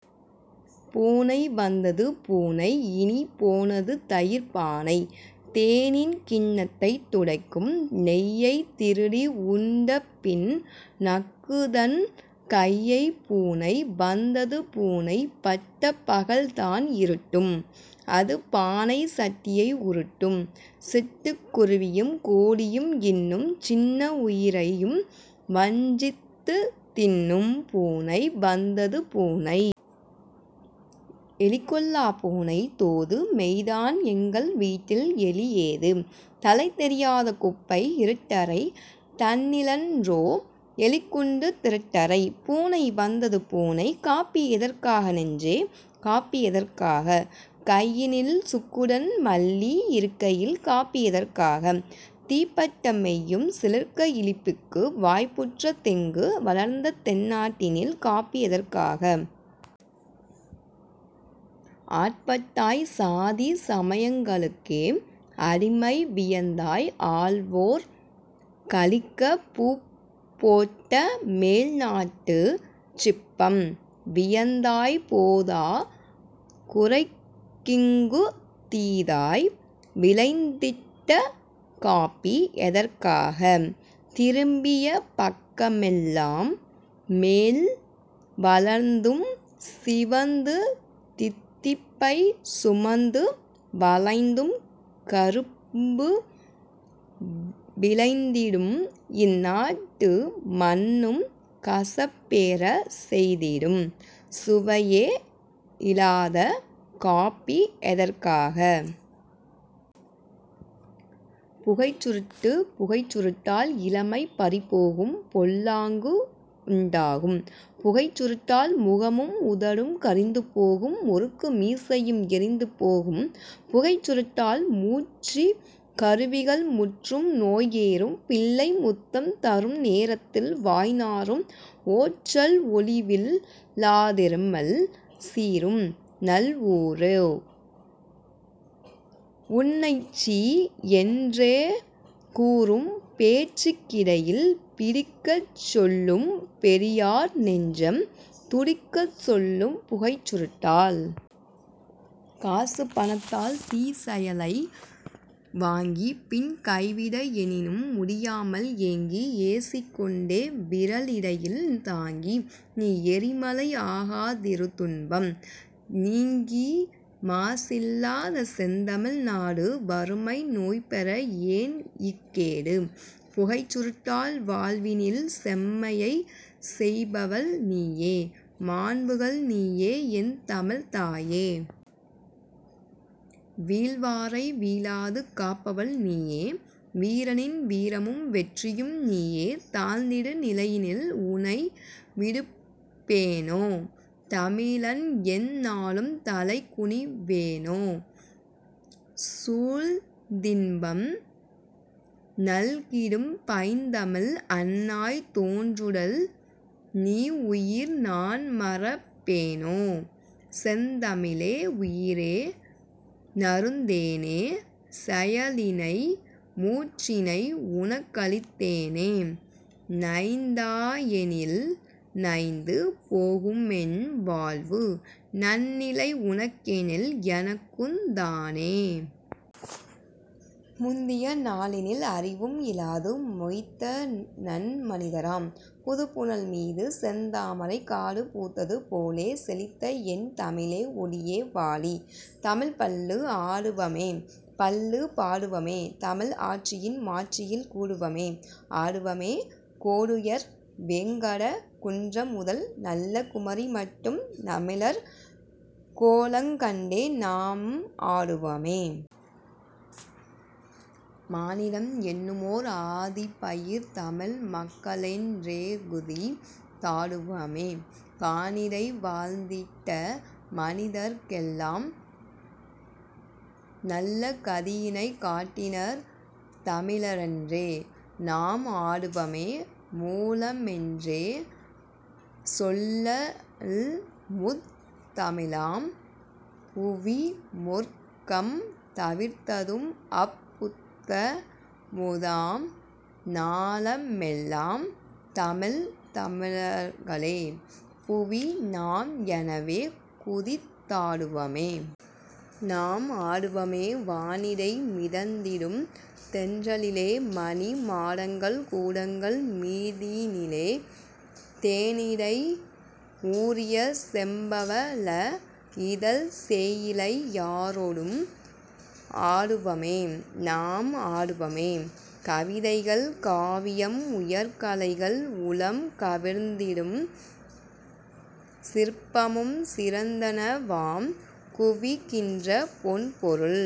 பூனை வந்தது பூனை! -- இனிப் போனது தயிர்ப் பானை! தேனின் கிண்ணத்தைத் துடைக்கும் -- நெய்யைத் திருடி உண்டபின் நக்குந்தன் கையைப் பூனை வந்தது பூனை! பட்டப் பகல்தான் இருட்டும் -- அது பானை சட்டியை உருட்டும்! சிட்டுக் குருவியும் கோழியும் இன்னும் சின்ன உயிரையும் வஞ்சித்துத் தின்னும் பூனை வந்தது பூனை! எலிகொல்லப் பூனை தோது -- மெய்தான் எங்கள் வீட்டில் எலி ஏது? தலை தெரியாத குப்பை இருட்டறை தன்னிலன்றோ எலிக்குண்டு திருட்டறை! பூனை வந்தது பூனை! காப்பி எதற்காக நெஞ்சே? காப்பி எதற்காக? கையினில் சுக்குடன் மல்லி இருக்கையில் காப்பி எதற்காக? தீப்பட்ட மெய்யும் சிலிர்க்க இளிப்புக்கு வாய்ப்புற்ற தெங்கு வளர்ந்த தென்னாட்டினில் காப்பி எதற்காக? ஆட்பட்டாய் சாதி சமயங்களுக்கே அடிமை வியந்தாய் ஆள்வோர் களிக்கப் பூப்போட்ட மேல்நாட்டுச் சிப்பம் வியந்தாய் போதாக் குறைக்கிங்குத் தீதாய் விளைந்திட்ட காப்பி எதற்காக? திரும்பிய பக்கமெல் லாம்மேல் வளர்ந்தும் சிவந்து தித்திப்பைச் சுமந்து வளைந்தும் கரும்பு விளைந்திடும் இந்நாட்டு மண்ணும் கசப்பேறச் செய்திடும் சுவையே இலாத காப்பி எதற்காக? புகைச் சுருட்டு புகைச் சுருட்டால் இளமை பறிபோகும் பொல்லாங் குண்டாகும் புகைச் சுருட்டால்! முகமும் உதடும் கரிந்துபோகும் முறுக்கு மீசையும் எரிந்து போகும் புகைச் சுருட்டால்! மூச்சுக் கருவிகள் முற்றும் நோய்ஏறும் -- பிள்ளை முத்தம் தருநே ரத்தில் வாய் நாறும் ஓய்ச்சல் ஒழிவில் லாதிருமல் சீறும் -- நல் ஊரோ உன்னைச் சீ என்றே கூறும் பேச்சுக் கிடையில் பிடிக்கச் சொல்லும் பெரியார் நெஞ்சம் துடிக்கச் சொல்லும் புகைச் சுருட்டால்! காசுபணத்தால் தீச்செயலை வாங்கிப் -- பின் கைவிட எண்ணினும் முடியாமல் ஏங்கி ஏசிக்கொண்டே விரலிடையில் தாங்கி -- நீ எரிமலை ஆகா திருதுன்பம் நீங்கி மாசில்லாத செந்தமிழ் நாடு வறுமை நோய்பெற ஏன் இக்கேடு? புகைச் சுருட்டால்! வாழ்வினில் செம்மையைச் செய்பவள் நீயே! மாண்புகள் நீயே என் தமிழ்த் தாயே! வீழ்வாரை வீழாது காப்பவள் நீயே வீரனின் வீரமும், வெற்றியும் நீயே! தாழ்ந்திடு நிலையினில் உனை விடுப்பேனோ? தமிழன்எந் நாளும் தலைகுனி வேனோ? சூழ்ந்தின்பம் நல்கிடும் பைந்தமிழ் அன்னாய் தோன்றுடல் நீஉயிர் நான்மறப் பேனோ? செந்தமிழே! உயிரே! நறுந்தேனே! செயலினை மூச்சினை உனக்களித்தேனே! நைந்தா யெனில்நைந்து போகுமென் வாழ்வு நன்னிலை உனக்கெனில் எனக்குந் தானே! முந்திய நாளினில் அறிவும் இலாது மொய்த்தநன் மனிதராம் புதுப்புனல் மீது செந்தாமரைக் காடு பூத்தது போலே செழித்தஎன் தமிழே ஒளியே வாழி! தமிழ்ப் பள்ளு ஆடுவமே பள்ளுப் பாடுவமே! -- தமிழ் ஆட்சியின் மாட்சியில் கூடுவமே -- ஆடுவமே! கோடுயர் வேங்கடக் குன்றமுதல் -- நல்ல குமரிமட்டும் தமிழர் கோலங் கண்டே நாம் -- ஆடுவமே... மானிடம் என்னுமோர் ஆதிப்பயிர் -- தமிழ் மக்களென் றேகுதித் தாடுவமே! கானிடை வாழ்ந்திட்ட மனிதர்க்கெலாம் -- நல்ல கதியினைக் காட்டினர் தமிழ ரென்றே நாம் -- ஆடுவமே... மூலமென்றே சொல்லல் முத் தமிழாம் -- புவி மூர்க்கம் தவிர்த்ததும் அப் புத்தமுதாம்! ஞாலமெலாம் தமிழ், தமிழர்களே -- புவி நாம் எனவே குதித் தாடுவமே! நாம் -- ஆடுவமே... வானிடை மிதந்திடும் தென்றலிலே -- மணி மாடங்கள் கூடங்கள் மீதினிலே, தேனிடை ஊறிய செம்பவழ -- இதழ்ச் சேயிழை யாரொடும் ஆடுவமே! நாம் -- ஆடுவமே... கவிதைகள், காவியம், உயர்கலைகள் -- உளம் கவர்ந்திடும் சிற்பமும் சிறந்தனவாம் குவிகின்ற பொன்பொருள்